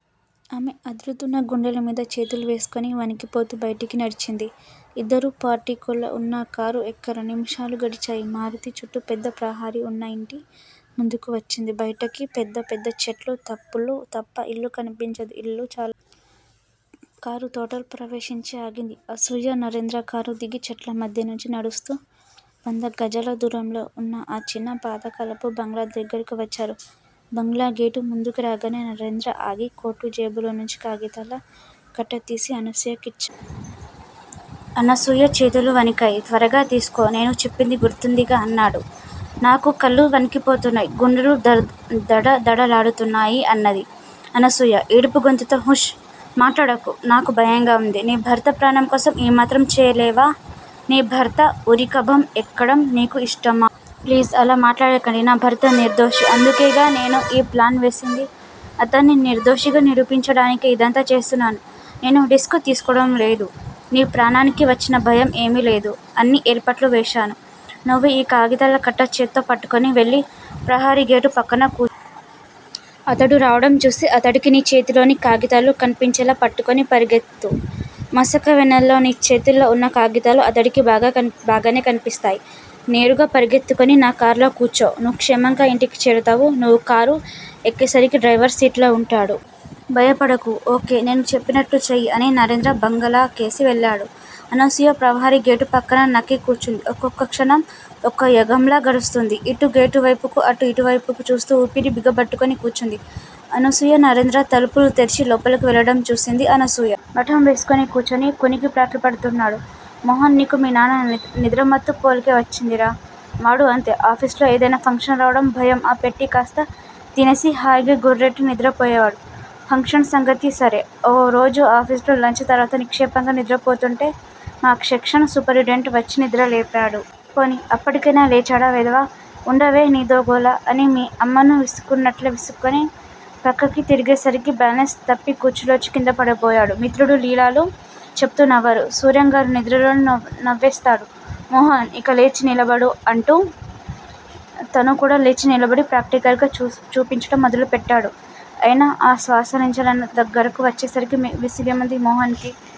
ఆమె అదురుతున్న గుండెలమీద చేతులు వేసుకొని వణికిపోతూ బయటికి నడిచింది. ఇద్దరూ పోర్టికోలో ఉన్నకారు ఎక్కారు. నిముషాలు గడిచాయి. మారుతి చుట్టూ పెద్ద ప్రహరీ ఉన్న ఇంటి ముందుకు వచ్చింది బయటికి పెద్ద పెద్ద చెట్లూ, తప్పులూ తప్ప ఇల్లు కన్పించదు. ఇల్లు చాలా చిన్నది. కారు తోటలో ప్రవేశించి ఆగింది. అనసూయ- నరేంద్రకారు దిగి చెట్ల మధ్య నుంచి నడుస్తూ వంద గజాల దూరంలో ఉన్న ఆ చిన్న పాతకాలపు బంగళా దగ్గరకు వచ్చారు. బంగళా గేటు ముందుకు రాగానే నరేంద్ర ఆగి కోటు జేబు లోంచి కాగితాల కట్టతీసి అనసూయ కిచ్చాడు. అనసూయ చేతులు వణికాయి. త్వరగా తీసుకో, నేను చెప్పింది గుర్తుందిగా? అన్నాడు. నాకు కాళ్ళు వణికిపోతున్నాయి. గుండెలు దడదడలాడుతున్నాయి అన్నది అనసూయ ఏడుపుగొంతుతో. ఉష్! మాట్లాడకు. నాకు భయంగా ఉంది. నీ భర్త ప్రాణం కోసం ఈ మాత్రం చెయ్యలేవా? నీ భర్త ఉరికంబం ఎక్కడం నీకు ఇష్టమా? ప్లీజ్ అలా మాట్లాడకండి. నా భర్త నిర్దోషి. అందుకేగా నేను ఈ ప్లాను వేసింది. అతడ్ని నిర్దోషిగా నిరూపించడానికే ఇదంతా చేస్తున్నాను. నేను రిస్క్ తీసుకోవడంలేదూ? నీ ప్రాణానికి వచ్చిన భయం ఏమీలేదు. అన్ని ఏర్పాట్లూ వేశాను. నువ్వు ఈ కాగితాల కట్ట చెత్తో పట్టుకొని వెళ్ళి ప్రహరీగేటు పక్కగా కూర్చో. అతడు రావడం చూసి అతడికి నీ చేతిలోని కాగితాలు కన్పించేళా పట్టుకొని పరిగెత్తు మసక వెన్నెల్లో నీ చేతిలో ఉన్న కాగితాలు అతడికి బాగానే కన్పిస్తాయి. నేరుగా పరిగెత్తి నా కార్లో కూర్చో. నువ్వు క్షేమంగా ఇంటికి చేరతావు. నువ్వు కారు ఎక్కేసరికి డ్రైవర్ సీట్లో ఉంటాడు. భయపడకు ఓ. కే! నేను చెప్పినట్టు చెయ్యి అని నరేంద్ర బంగళా కేసి వెళ్ళాడు. అనసూయ ప్రహరీ గేటు పక్కన నక్కి కూర్చుంది. ఒక్కొక్క క్షణం ఒక్కో యుగంలా గడుస్తోంది. ఇటు గేటు వైపుకూ అటు ఇంటివైపుకూ చూస్తూ, ఊపిరి బిగబట్టుకుని కూర్చుంది అనసూయ. నరేంద్ర తలుపు తెరిచి లోపలకు వెళ్ళడం చూసింది అనసూయ. మఠం వేసుకుని కూర్చుని కునికిపాట్లు పడుతున్నాడు మోహన్. నీకూ మీ నాన్న నిద్రమత్తు పోలికే వచ్చిందిరా! వాడూ అంతే. ఆఫీసులో ఏదయినా ఫంక్షన్ రావడం భయం ఆ పెట్టిన కాస్తా తినేసి హాయిగా గుర్రెట్టి నిద్రపోయేవాడు. ఫంక్షన్ సంగతి సరే ఓరోజు ఆఫీసులో లంచ్ తరువాత నిక్షేపంగా నిద్రపోతుంటే మా సెక్షన్ సూపరెంటెండెంట్ వచ్చినిద్రలేపాడు. పోనీ అప్పటికయినా లేచాడా వెధవ! ఉండవే నీదో గోల! అని మీ అమ్మను విసుక్కున్నట్లే విసుక్కుని పక్కకి తిరిగేసరికి బాలెన్స్ తప్పి కుర్చీలోంచి కిందపడిపోయాడు మిత్రుడి లీలలు చెప్పుతూ నవ్వారు సూర్యంగారు. నిద్రలోనే నవ్వేసాడు మోహన్. ఆ! ఇక లేచి నిలబడు! అంటూ తనుకూడా లేచి నిలబడి ప్రాక్టికల్ గా చూపించటం మొదలు పెట్టాడు ఆయన అశ్వసంచాలనాసనం దగ్గరకు వచ్చేసరికే విసుగేసింది మోహన్ కి.